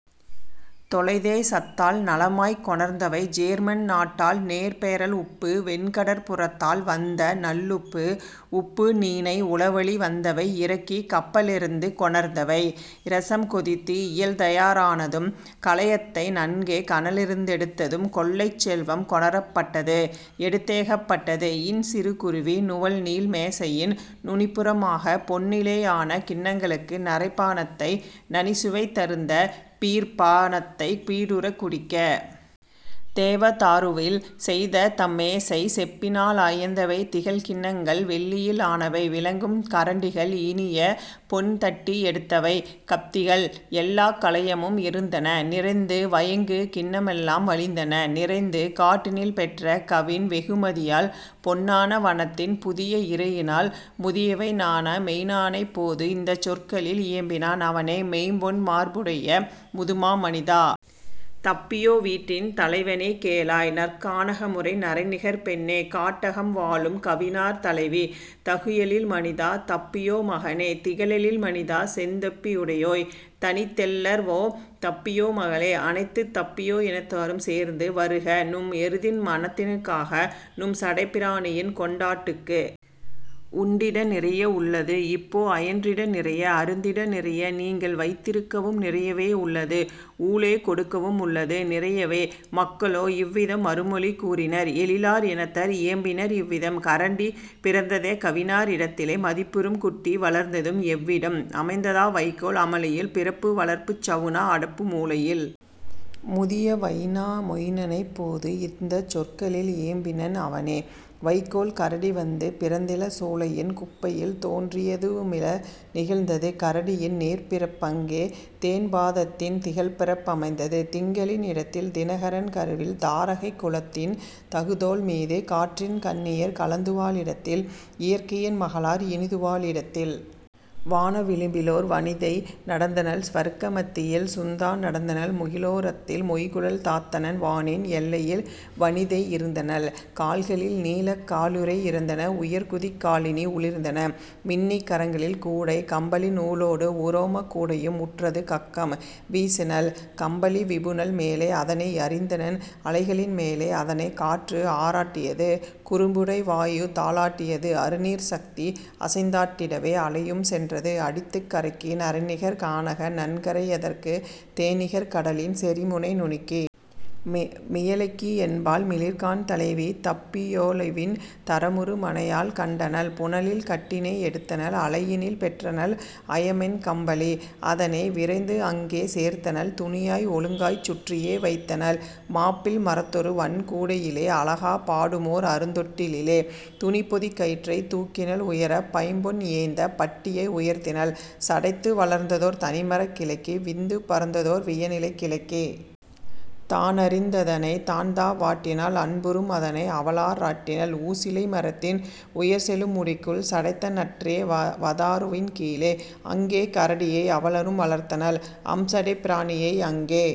தொலைதே சத்தால் நலமாய்க் கொணர்ந்தவை German நாட்டால் நேர்பெறல் உப்பு வெண்கடற் புறத்தால் வந்தநல் loop உப்பு நீணை உளவழி வந்தவை இறக்கிக் கப்பலி லிருந்து கொணர்ந்தவை. இரசம் கொதித்து இயல்தயா ரானதும் கலயத்தை நன்கே கனலிருந் தெடுத்ததும் கொள்ளைச் செல்வம் கொணரப் பட்டது எடுத்தேகப் பட்டது இன்சிறு குருவி நுவல்நீள் மேசையின் நுனிப்புற மாக பொன்னிலே யான கிண்ணங் களுக்கு நறைப்பா னத்தை நனிசுவைத் தருந்த பீர் ப்பா னத்தைப் பீடுறக் குடிக்க. தேவ தாருவில் செய்ததம் மேசை செப்பினா லியந்தவை திகழ்கிண் ணங்கள் வெள்ளியில் ஆனவை விளங்கும் கரண்டிகள் இனியபொன் தட்டி எடுத்தவை கத்திகள்; எல்லாக் கலயமும் இருந்தன நிறைந்து வயங்குகிண் ணமெலாம் வழிந்தன நிறைந்து காட்டினில் பெற்ற கவின்வெகு மதியால் பொன்னான வனத்தின் புதிய இரையினால். முதிய வைனா மொயினனைப் போது இந்தச் சொற்களில் இயம்பினன் அவனே: "மொய்ம்பொன் மார்புடை முதுமா மனிதா! தப்பியோ வீட்டின் தலைவனே கேளாய்! நற்கா னகமுறை நறைநிகர் பெண்ணே! காட்டகம் வாழும் கவினார் தலைவி! தகுஎழில் மனிதா, தப்பியோ மகனே! திகழ்எழில் மனிதா, செந்தொப்பி யுடையோய்! தனித்தெல் லர்வோ, தப்பியோ மகளே! அனைத்துத் தப்பியோ இனத்தரும் சேர்ந்து வருகநும் எருதின் மணத்தினுக் காக நும்சடைப் பிராணியின் கொண்டாட் டுக்கு! உண்டிட நிறைய உள்ளது இப்போ அயின்றிட நிறைய, அருந்திட நிறைய, நீங்கள்வைத் திருக்கவும் நிறையவே யுள்ளது ஊலே கொடுக்கவும் உள்ளது நிறையவே. " மக்களோ இவ்விதம் மறுமொழி கூறினர் எழிலார் இனத்தார் இயம்பினர் இவ்விதம்: "கரடி பிறந்ததெக் கவினார் இடத்திலே மதிப்புறும் குட்டி வளர்ந்ததும் எவ்விடம் அமைந்ததா வைக்கோல் அமளியில் பிறப்பு வளர்ப்புச் சவுனா அடுப்பு மூலையில்? " முதிய வைனா மொயினனைப் போது இந்தச் சொற்களில் இயம்பினன் அவனே: "வைக்கோல் கரடி வந்து பிறந்தில சூளையின் குப்பையில் தோன்றிய துவுமில நிகழ்ந்தது கரடியின் நேர்ப்பிறப் பங்கே தேன்பா தத்தின் திகழ்பிறப் பமைந்தது திங்களின் இடத்தில் தினகரன் கருவில் தாரகைக் குலத்தின் தகுதோள் மீது காற்றின் கன்னியர் கலந்துவா ழிடத்தில் இயற்கையின் மகளார் இனிதுவா ழிடத்தில். வான விளிம்பிலோர் வனிதை நடந்தனள் சுவர்க்க மத்தியில் சுந்தா நடந்தனள் முகிலோ ரத்தில் மொய்குழல் தாத்தனள் வானின் எல்லையில் வனிதை இருந்தனள் கால்களில் நீலக் காலுறை யிருந்தன உயர்குதிக் காலணி ஒளிர்ந்தன மின்னி கரங்களில் கூடை கம்பளி நூலொடு உரோமக் கூடையும் உற்றது கக்கம்; வீசினள் கம்பளி விபுனல் மேலே அதனை எறிந்தனள் அலைகளின் மேலே அதனைக் காற்று ஆராட் டியது குறும்புடை வாயு தாலாட் டியது அருநீர்ச் சக்தி அசைந்தாட் டிடவே அலையும் சென்றது அடித்துக் கரைக்கு நறைநிகர் கானக நன்கரை யதற்கு தேனிகர் கடலின் செறிமுனை நுனிக்கு. மியெலிக்கி என்பாள் மிளிர்கான் தலைவி தப்பியோ லாவின் தரமுறு மனையாள் கண்டனள் புனலில் கட்டினை எடுத்தனள் அலையினில் பெற்றனள் அயமென் கம்பளி. அதனை விரைந்து அங்கே சேர்த்தனள் துணியால் ஒழுங்காய்ச் சுற்றியே வைத்தனள் மாப்பிள் மரத்தொரு வன்கூ டையிலே அழகா யாடுமோர் அருந்தொட் டிலிலே; துணிப்பொதிக் கயிற்றை தூக்கினள் உயர பைம்பொன் இயைந்த பட்டியை உயர்த்தினள் சடைத்து வளர்ந்ததோர் தனிமரக் கிளைக்கு விந்து பரந்ததோர் வியன்இலைக் கிளைக்கு. தானறிந் ததனை தான்தா லாட்டினள் அன்புறும் அதனை அவளா ராட்டினள் ஊசிலை மரத்தின் உயர்செழும் முடிக்குள் சடைத்தநற் றேவ தாருவின் கீழே; அங்கே கரடியை அவளும் வளர்த்தனள் அம்சடைப் பிராணியை அங்கே